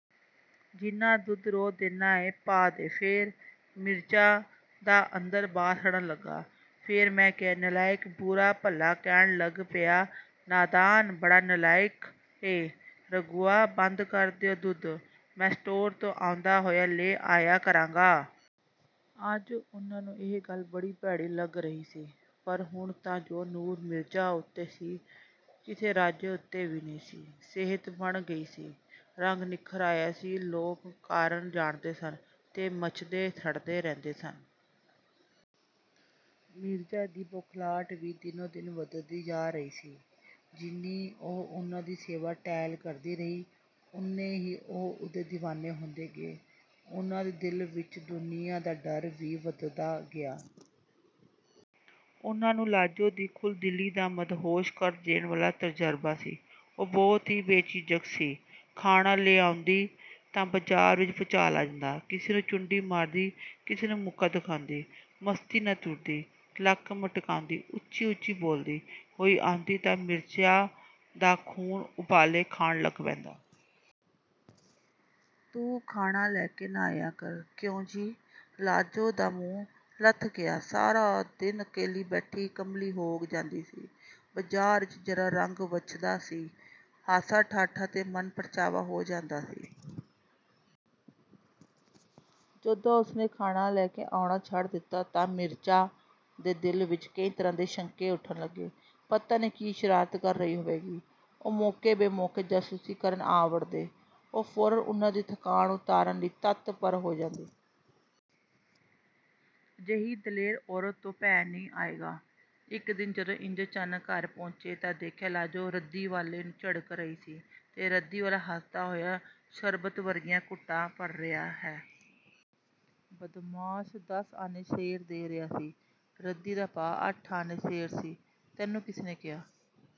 ਜਿੰਨਾ ਦੁੱਧ ਰੋਜ਼ ਦਿੰਨਾ ਏ, ਪਾ ਦੇ। ਫੇਰ? ਮਿਰਜ਼ਾ ਦਾ ਅੰਦਰ-ਬਾਹਰ ਸੜਨ ਲੱਗਾ। ਫੇਰ ਮੈਂ ਕਿਹਾ, ਨਲਾਇਕ, ਬੁਰਾ-ਭਲਾ ਕਹਿਣ ਲੱਗ ਪਿਆ.. "ਨਾਦਾਨ! ਬੜਾ ਨਲਾਇਕ ਏਂ ਰਘੂਆ। ਬੰਦ ਕਰ ਦਿਓ ਦੁੱਧ। ਮੈਂ ਸਟੋਰ ਤੋਂ ਆਉਂਦਾ ਹੋਇਆ ਲੈ ਆਇਆ ਕਰਾਂਗਾ।" ਅੱਜ ਉਹਨਾਂ ਨੂੰ ਇਹ ਗੱਲ ਬੜੀ ਭੈੜੀ ਲੱਗ ਰਹੀ ਸੀ। ਪਰ ਹੁਣ ਤਾਂ ਜੋ ਨੂਰ ਮਿਰਜ਼ਾ ਉੱਤੇ ਸੀ, ਕਿਸੇ ਰਾਜੇ ਉੱਤੇ ਵੀ ਨਹੀਂ ਸੀ। ਸਿਹਤ ਬਣ ਗਈ ਸੀ, ਰੰਗ ਨਿੱਖਰ ਆਇਆ ਸੀ। ਲੋਕ ਕਾਰਨ ਜਾਣਦੇ ਸਨ ਤੇ ਮੱਚਦੇ-ਸੜਦੇ ਰਹਿੰਦੇ ਸਨ। ਮਿਰਜ਼ਾ ਦੀ ਬੋਖਲਾਹਟ ਵੀ ਦਿਨੋਂ-ਦਿਨ ਵਧਦੀ ਜਾ ਰਹੀ ਸੀ। ਜਿੰਨੀ ਉਹ ਉਹਨਾਂ ਦੀ ਸੇਵਾ-ਟਹਿਲ ਕਰਦੀ ਰਹੀ, ਓਨੇ ਹੀ ਉਹ ਉਸਦੇ ਦੀਵਾਨੇ ਹੁੰਦੇ ਗਏ। ਉਹਨਾਂ ਦੇ ਦਿਲ ਵਿੱਚ ਦੁਨੀਆ ਦਾ ਡਰ ਵੀ ਵਧਦਾ ਗਿਆ। ਉਹਨਾਂ ਨੂੰ ਲਾਜੋ ਦੀ ਖੁੱਲ੍ਹਦਿਲੀ ਦਾ ਮਦਹੋਸ਼ ਕਰ ਦੇਣ ਵਾਲਾ ਤਜ਼ਰਬਾ ਸੀ। ਉਹ ਬਹੁਤ ਹੀ ਬੇਝਿਜਕ ਸੀ। ਖਾਣਾ ਲਿਆਉਂਦੀ ਤਾਂ ਬਜਾਰ ਵਿੱਚ ਭੂਚਾਲ ਆ ਜਾਂਦਾ। ਕਿਸੇ ਨੂੰ ਚੂੰਢੀ ਮਾਰਦੀ, ਕਿਸੇ ਨੂੰ ਮੁੱਕਾ ਦਿਖਾਉਂਦੀ, ਮਸਤੀ ਨਾਲ ਤੁਰਦੀ, ਲੱਕ ਮਟਕਾਉਂਦੀ, ਉੱਚੀ-ਉੱਚੀ ਬੋਲਦੀ ਹੋਈ ਆਉਂਦੀ ਤਾਂ ਮਿਰਜਾ ਦਾ ਖ਼ੂਨ ਉਬਾਲੇ ਖਾਣ ਲੱਗ ਪੈਂਦਾ। "ਤੂੰ ਖਾਣਾ ਲੈ ਕੇ ਨਾ ਆਇਆ ਕਰ।" "ਕਿਉਂ ਜੀ...?" ਲਾਜੋ ਦਾ ਮੂੰਹ ਲੱਥ ਗਿਆ। ਸਾਰਾ ਦਿਨ ਅਕੱਲੀ ਬੈਠੀ ਕਮਲੀ ਹੋ ਜਾਂਦੀ ਸੀ। ਬਾਜ਼ਾਰ ਵਿੱਚ ਜ਼ਰਾ ਰੰਗ ਵੱਝਦਾ ਸੀ, ਹਾਸਾ-ਠੱਠਾ ਤੇ ਮਨ-ਪ੍ਰਚਾਵਾ ਹੋ ਜਾਂਦਾ ਸੀ। ਜਦੋਂ ਉਸਨੇ ਖਾਣਾ ਲੈ ਕੇ ਆਉਣਾ ਛੱਡ ਦਿੱਤਾ ਤਾਂ ਮਿਰਜਾ ਦੇ ਦਿਲ ਵਿੱਚ ਕਈ ਤਰ੍ਹਾਂ ਦੇ ਸ਼ੰਕੇ ਉੱਠਣ ਲੱਗੇ। ਪਤਾ ਨਹੀਂ ਕੀ ਸ਼ਰਾਰਤ ਕਰ ਰਹੀ ਹੋਵੇਗੀ। ਉਹ ਮੌਕੇ-ਬੇਮੌਕੇ ਜਾਸੂਸੀ ਕਰਨ ਆ ਵੜਦੇ। ਉਹ ਫ਼ੌਰਨ ਉਹਨਾਂ ਦੀ ਥਕਾਣ ਉਤਾਰਨ ਲਈ ਤਤਪਰ ਹੋ ਜਾਂਦੀ। ਅਜਿਹੀ ਦਲੇਰ ਔਰਤ ਤੋਂ ਭੈ ਨਹੀਂ ਆਏਗਾ? ਇੱਕ ਦਿਨ, ਜਦੋਂ ਇੰਜ ਅਚਾਨਕ ਘਰ ਪਹੁੰਚੇ, ਤਾਂ ਦੇਖਿਆ ਲਾਜੋ ਰੱਦੀ ਵਾਲੇ ਨੂੰ ਝਿੜਕ ਰਹੀ ਹੈ ਤੇ ਰੱਦੀ ਵਾਲਾ ਹੱਸਦਾ ਹੋਇਆ ਸ਼ਰਬਤ ਵਰਗੀਆਂ ਘੁੱਟਾਂ ਭਰ ਰਿਹਾ ਹੈ। "ਬਦਮਾਸ਼, ਦਸ ਆਨੇ ਸੇਰ ਦੇ ਰਿਹਾ ਸੀ। ਰੱਦੀ ਦਾ ਭਾਅ ਅੱਠ ਆਨੇ ਸੇਰ ਸੀ। "ਤੈਨੂੰ ਕਿਸ ਨੇ ਕਿਹਾ?"